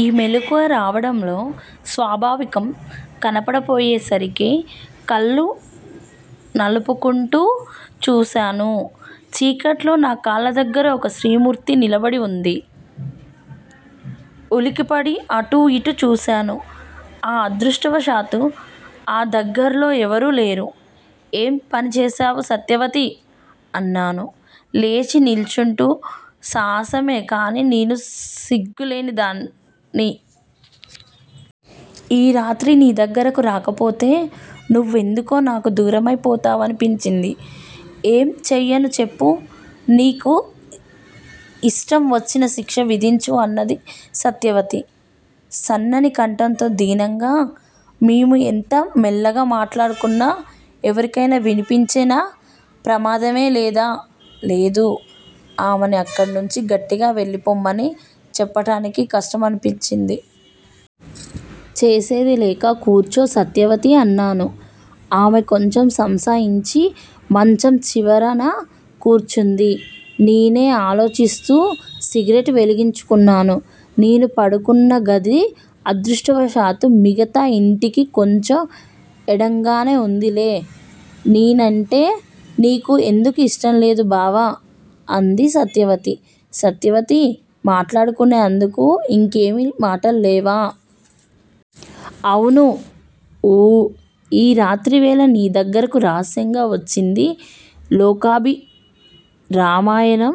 ఈ మెలకువ రావడంలో స్వాభావికం కనబడపోయేసరికి కళ్ళు నులుపుకుంటూ చూశాను. చీకట్లో నా కాళ్ళ దగ్గర ఒక స్త్రీమూర్తి నిలబడివుంది. ఉలికిపడి అటూ ఇటూ చూశాను. ఆఅదృష్టవశాత్తూ ఆ దగ్గర్లో ఎవరూలేరు. ఏం పనిచేశావు సత్యవతీ? అన్నాను లేచి నిల్చుంటూ. సాహసమే కాని నేను సిగ్గులేనిదాన్ని. ఈ రాత్రి నీ దగ్గరకు రాకపోతే నువ్వెందుకో నాకు దూరమైపోతావనిపించింది. ఏం చెయ్యను చెప్పు? నీకుఇష్టంవచ్చిన శిక్ష విధించు అన్నది సత్యవతి సన్నని కంఠంతో దీనంగా. మేము ఎంత మెల్లగా మాట్లాడుకున్నా ఎవరికైనా వినిపించెన ప్రమాదమవే లేదా? లేదు. ఆమెను అక్కడ్నుంచి గట్టిగా వెళ్ళిపొమ్మని చెప్పటానికి కష్టమనిపిచింది. చేసేదిలేక కూర్చో సత్యవతీ అన్నాను. ఆమె కొంచెం సంశయించి మంచం చివరన కూర్చుంది. నేనే ఆలోచిస్తూ సిగరెట్ వెలిగించుకున్నాను. నేను పడుకున్నగది అదృష్టవశాత్తు మిగతా ఇంటికి కొంచెం ఎడంగానే వుందిలే. నేనంటే నీకు ఎందుకు ఇష్టంలేదు బావా? అంది సత్యవతి. సత్యవతీ! మాట్లాడుకునేందుకు ఇంకేవీ మాటల్లేవా? అవును. ఊ! ఈ రాత్రివేళ నీదగ్గరకు రహస్యంగావచ్చింది లోకాభిరామాయణం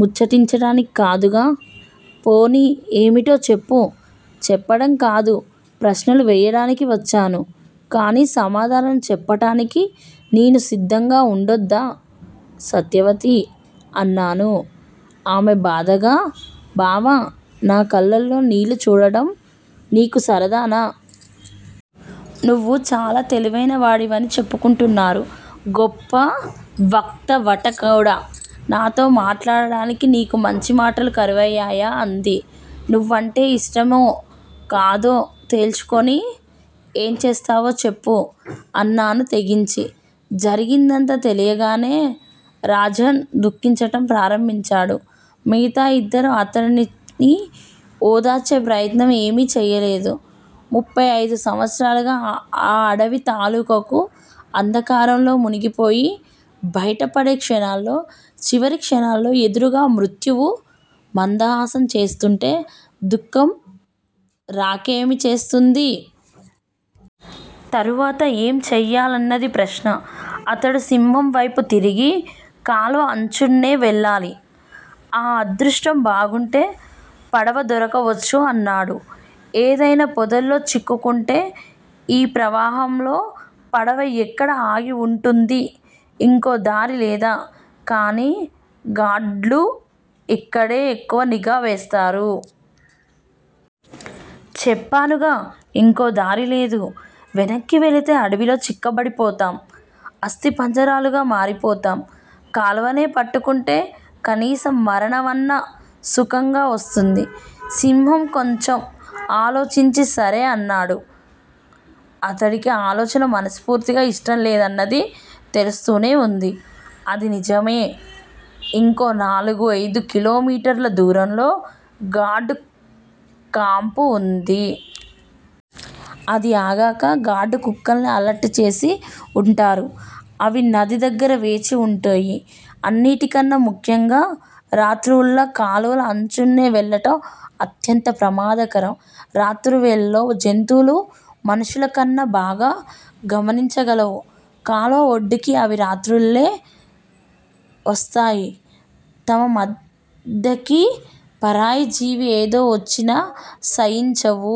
ముచ్చటించడానికి కాదుగా! పోనీ ఏమిటో చెప్పు. చెప్పడం కాదు. ప్రశ్నలు వేయడానికి వచ్చాను. కాని సమాధానాలు చెప్పటానికి నేను సిద్ధంగా వుండొద్దా సత్యవతీ! అన్నాను. ఆమె బాధగా బావా! నా కళ్ళలో నీళ్ళు చూడడం నీకు సరదానా? నువ్వు చాలా తెలివైనవాడివని చెప్పుకుంటున్నారు. గొప్ప వక్తవటకూడా. నాతో మాట్లాడడానికి నీకు మంచిమాటలు కరువయ్యయా? అంది. నువ్వంటే ఇష్టమో, కాదో తేల్చుకుని యేంచేస్తావో చెప్పు? అన్నాను తెగించి. జరిగిందంతా తెలియగానే రాజన్ దుఃఖించటం ప్రారంభించాడు. మిగతా ఇద్దరూ అతడిని ఓదార్చే ప్రయత్నం ఏమీ చేయలేదు. ముప్పై అయిదు సంవత్సరాలుగా ఆ అడవితాలూకాకు అంధకారంలో మునిగిపోయి, బయటపడే క్షణాల్లో చివరి క్షణాల్లో ఎదురుగా మృత్యువు మందహాసం చేస్తూంటే దుఃఖం రాకేమి చేస్తుంది? తరువాత ఏం చెయ్యాలన్నది ప్రశ్న. అతడు సింహం వైపుతిరిగి, కాలువ అంచునే వెళ్ళాలి. అదృష్టం బావుంటే పడవ దొరకవచ్చు అన్నాడు. ఏదైనా పొదల్లో చిక్కుకుంటే. ఈ ప్రవాహంలో పడవ ఎక్కడ ఆగి వుంటుంది? ఇంకో దారి లేదా కానీ గార్డులు ఇక్కడే ఎక్కువ నిఘా వేస్తారు. చెప్పానుగా. ఇంకో దారిలేదు. వెనక్కి వెళ్ళితే అడవిలో చిక్కబడిపోతాం. అస్థిపంజరాలుగా మారిపోతాం. కాలవనే పట్టుకుంటే, కనీసం మరణం అన్నా సుఖంగా వస్తుంది. సింహం కొంచెం ఆలోచించి సరే అన్నాడు. అతడికీ ఆలోచన మనస్పూర్తిగా ఇష్టం లేదన్నది తెలుస్తూనేవుంది. అదీ నిజమే. ఇంకో నాలుగుఅయిదు కిలోమీటర్ల దూరంలో గార్డు కాంపు వుంది. అదీఆగాక గార్డు కుక్కల్ని అలర్ట్ చేసి వుంటారు. అవి నది దగ్గర వేచివుంటాయి. అన్నిటికన్నా ముఖ్యంగా రాత్రిళ్ళు కాలువ అంచునే వెళ్ళటం అత్యంత ప్రమాదకరం. రాత్రివేళ్ళలో జంతువులు మనుషులకన్నా బాగా గమనించగలవు. కాలువ ఒడ్డుకి అవి రాత్రిళ్ళే వస్తాయి. తమ మధ్యకి పరాయి జీవి ఏదోవచ్చినా సహించవు.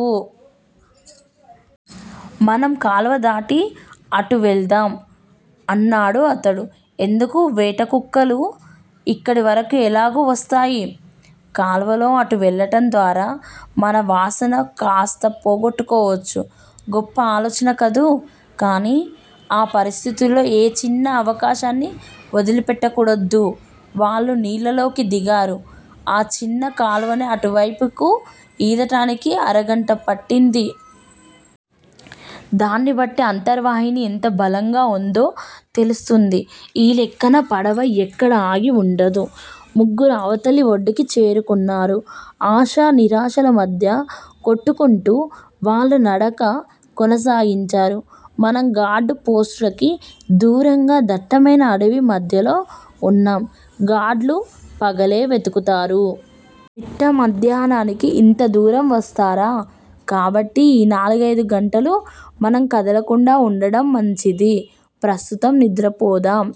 మనం కాలువ దాటి అటు వెళదాం అన్నాడు అతడు. ఎందుకు? వేటకుక్కలు ఇక్కడివరకూ ఎలాగూ వస్తాయి. కాలువలో అటువెళ్ళటం ద్వారా మన వాసన కాస్త పోగొట్టుకోవచ్చు. గొప్ప ఆలోచన కాదు. కానీ ఆ పరిస్థితుల్లో ఏ చిన్న అవకాశాన్నీ వదిలిపెట్టకూడదు. వాళ్ళు నీళ్ళలోకి దిగారు. ఆ చిన్న కాలువని అటువైపుకి ఈదటానికి అరగంట పట్టింది. దాన్నిబట్టి అంతర్వాహిని ఎంత బలంగా వుందో తెలుస్తోంది. ఈ లెక్కన పడవ ఎక్కడా ఆగి వుండదు. ముగ్గురూ అవతలి వడ్డుకి చేరుకున్నారు. ఆశా నిరాశల మధ్య కొట్టుకుంటూ వాళ్ళు నడక కొనసాగించారు. మనం గార్డ్ పోస్టులకి దూరంగా దట్టమైన అడవి మధ్యలో వున్నాం. గార్డ్ లు పగలే వెతుకుతారు. మిట్టమధ్యాహానికి ఇంత దూరం వస్తారా. కాబట్టి ఈ నాల్గయిదు గంటలూ మనం కదలకుండా వుండడం మంచిది. ప్రస్తుతం నిద్రపోదాం.